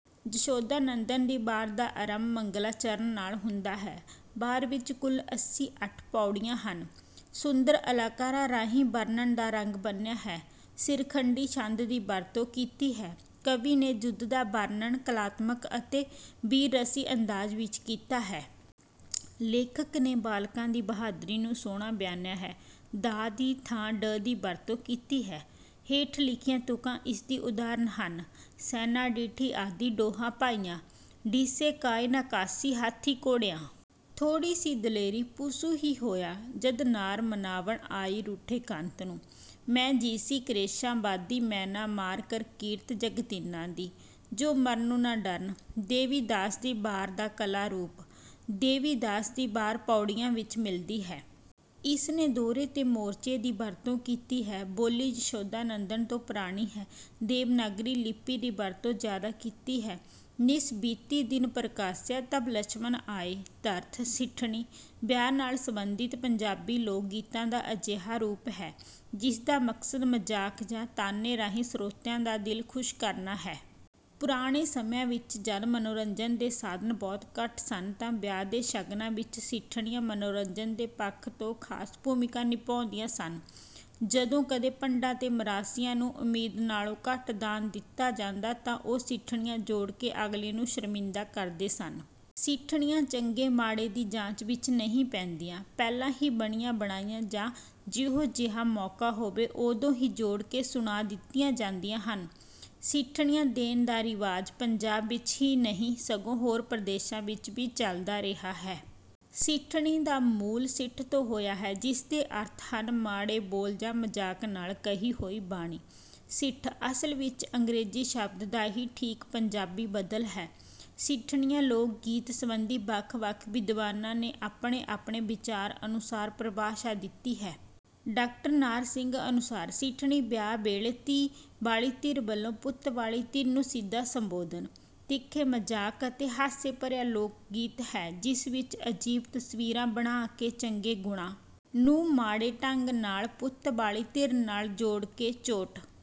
ਜਸ਼ੋਧਾ ਨੰਦਨ ਦੀ ਵਾਰ ਦਾ ਆਰੰਭ ਮੰਗਲਾਚਰਣ ਨਾਲ ਹੁੰਦਾ ਹੈ। ਵਾਰ ਵਿੱਚ ਕੁਲ ਅੱਸੀ-ਅੱਠ ਪਉੜੀਆਂ ਹਨ। ਸੁੰਦਰ ਅਲੰਕਾਰਾਂ ਰਾਹੀਂ ਵਰਣਨ ਦਾ ਰੰਗ ਬੰਨਿਆ ਹੈ। ਸਿਰਖੰਡੀ ਛੰਦ ਦੀ ਵਰਤੋਂ ਕੀਤੀ ਹੈ। ਕਵੀ ਨੇ ਯੁੱਧ ਦਾ ਵਰਣਨ ਕਲਾਤਮਕ ਅਤੇ ਬੀਰ ਰਸੀ ਅੰਦਾਜ਼ ਵਿੱਚ ਕੀਤਾ ਹੈ। ਲੇਖਕ ਨੇ ਬਾਲਕਾਂ ਦੀ ਬਹਾਦਰੀ ਨੂੰ ਸੋਹਣਾ ਬਿਆਨਿਆ ਹੈ। 'ਦਾ' ਦੀ ਥਾਂ 'ਡ' ਦੀ ਵਰਤੋਂ ਕੀਤੀ ਹੈ। ਹੇਠ ਲਿਖੀਆਂ ਤੁਕਾਂ ਇਸ ਦੀ ਉਦਾਹਰਨ ਹਨ: ਸੈਨਾਂ ਡਿਠੀ ਆਦੀ ਡੋਹਾਂ ਭਾਈਆਂ। ਡਿਸੇ ਕਾਇ ਨਾਂ ਕਾਸੀ, ਹਾਥੀ ਘੋੜਿਆਂ। ਥੋੜੀ ਸੀ ਦਲੇਰੀ, ਭੁਸੁ ਹੀ ਹੋਇਆ। ਜਦੁ ਨਾਰ ਮਨਾਵਣ ਆਦੀ ਰੁਠੇ ਕੰਤ ਨੂੰ। ਮੈਂ ਜਿਸੀਂ ਕਰੇਸ਼ਾਂ ਵਾਦੀ ਮੈਨਾ ਮਾਰਿ ਕਰਕੀਰਤ ਜਗ ਤਿਨ੍ਹਾਂ ਦੀ, ਜੋ ਮਰਨੋ ਨਾ ਡਰਨਿ। ਦੇਵੀ ਦਾਸ ਦੀ ਵਾਰ ਦਾ ਕਲਾ ਰੂਪ: ਦੇਵੀ ਦਾਸ ਦੀ ਵਾਰ ਪਉੜੀਆਂ ਵਿੱਚ ਮਿਲਦੀ ਹੈ। ਇਸ ਨੇ ਦੋਹਰੇ ਤੇ ਮੋਰਚੇ ਦੀ ਵਰਤੋਂ ਕੀਤੀ ਹੈ। ਬੋਲੀ ਜਸ਼ੋਧਾ ਨੰਦਨ ਤੋਂ ਪੁਰਾਣੀ ਹੈ। ਦੇਵਨਾਗਰੀ ਲਿੱਪੀ ਦੀ ਵਰਤੋਂ ਜ਼ਿਆਦਾ ਕੀਤੀ ਹੈ। ਨਿਸ ਬੀਤੀ ਦਿਨੁ ਪਰਕਾਸਿਆਂ, ਤਬਿ ਲਛਮਨ ਆਏ। ਤਰਥ। ਸਿੱਠਣੀ, ਵਿਆਹ ਨਾਲ ਸਬੰਧਿਤ ਪੰਜਾਬੀ ਲੋਕਗੀਤਾਂ ਦਾ ਅਜਿਹਾ ਰੂਪ ਹੈ, ਜਿਸ ਦਾ ਮਕਸਦ ਮਜ਼ਾਕ ਜਾਂ ਤਾਅਨੇ ਰਾਹੀਂ ਸਰੋਤਿਆਂ ਦਾ ਦਿਲ ਖੁਸ਼ ਕਰਨਾ ਹੈ। ਪੁਰਾਣੇ ਸਮਿਆਂ ਵਿਚ ਜਦ ਮਨੋਰੰਜਨ ਦੇ ਸਾਧਨ ਬਹੁਤ ਘੱਟ ਸਨ ਤਾਂ ਵਿਆਹ ਦੇ ਸ਼ਗਨਾਂ ਵਿਚ ਸਿੱਠਣੀਆਂ ਮਨੋਰੰਜਨ ਦੇ ਪੱਖ ਤੋਂ ਖਾਸ ਭੂਮਿਕਾ ਨਿਭਾਉਂਦੀਆਂ ਸਨ। ਜਦੋਂ ਕਦੇ ਭੰਡਾਂ ਤੇ ਮਰਾਸੀਆਂ ਨੂੰ ਉਮੀਦ ਨਾਲੋਂ ਘੱਟ ਦਾਨ ਦਿੱਤਾ ਜਾਂਦਾ ਤਾਂ ਉਹ ਸਿੱਠਣੀਆਂ ਜੋੜ ਕੇ ਅਗਲੇ ਨੂੰ ਸ਼ਰਮਿੰਦਾ ਕਰਦੇ ਸਨ। ਸਿੱਠਣੀਆਂ ਚੰਗੇ-ਮਾੜੇ ਦੀ ਜਾਂਚ ਵਿੱਚ ਨਹੀਂ ਪੈਂਦੀਆਂ। ਪਹਿਲਾਂ ਹੀ ਬਣੀਆਂ ਬਣਾਈਆਂ ਜਾਂ ਜਿਹੋ ਜਿਹਾ ਮੌਕਾ ਹੋਵੇ, ਉਦੋਂ ਹੀ ਜੋੜ ਕੇ ਸੁਣਾ ਦਿੱਤੀਆਂ ਜਾਂਦੀਆਂ ਹਨ। ਸਿੱਠਣੀਆਂ ਦੇਣ ਦਾ ਰਿਵਾਜ਼ ਪੰਜਾਬ ਵਿੱਚ ਹੀ ਨਹੀਂ ਸਗੋਂ ਹੋਰ ਪ੍ਰਦੇਸ਼ਾਂ ਵਿਚ ਵੀ ਚੱਲਦਾ ਰਿਹਾ ਹੈ। ਸਿੱਠਣੀ ਦਾ ਮੂਲ 'ਸਿੱਠ' ਤੋਂ ਹੋਇਆ ਹੈ, ਜਿਸ ਦੇ ਅਰਥ ਹਨ ਮਾੜੇ ਬੋਲ ਜਾਂ ਮਜ਼ਾਕ ਨਾਲ ਕਹੀ ਹੋਈ ਬਾਣੀ। ਸਿੱਠ, ਅਸਲ ਵਿਚ ਅੰਗਰੇਜ਼ੀ ਸ਼ਬਦ ਦਾ ਹੀ ਠੀਕ ਪੰਜਾਬੀ ਬਦਲ ਹੈ। ਸਿੱਠਣੀਆਂ ਲੋਕ ਗੀਤ ਸਬੰਧੀ ਵੱਖ-ਵੱਖ ਵਿਦਵਾਨਾਂ ਨੇ ਆਪਣੇ-ਆਪਣੇ ਵਿਚਾਰ ਅਨੁਸਾਰ ਪਰਿਭਾਸ਼ਾ ਦਿੱਤੀ ਹੈ। ਡਾਕਟਰ ਨਾਹਰ ਸਿੰਘ ਅਨੁਸਾਰ- "ਸਿੱਠਣੀ ਵਿਆਹ ਵੇਲੇ ਧੀ ਵਾਲੀ ਧਿਰ ਵਲੋਂ ਪੁੱਤ ਵਾਲੀ ਧਿਰ ਨੂੰ ਸਿੱਧਾ ਸੰਬੋਧਨ, ਤਿੱਖੇ ਮਜ਼ਾਕ ਅਤੇ ਹਾਸੇ ਭਰਿਆ ਲੋਕ ਗੀਤ ਹੈ ਜਿਸ ਵਿਚ ਅਜੀਬ ਤਸਵੀਰਾਂ ਬਣਾ ਕੇ ਚੰਗੇ ਗੁਣਾਂ ਨੂੰ ਮਾੜੇ ਢੰਗ ਨਾਲ ਪੁੱਤ ਵਾਲੀ ਧਿਰ ਨਾਲ ਜੋੜ ਕੇ ਚੋਟ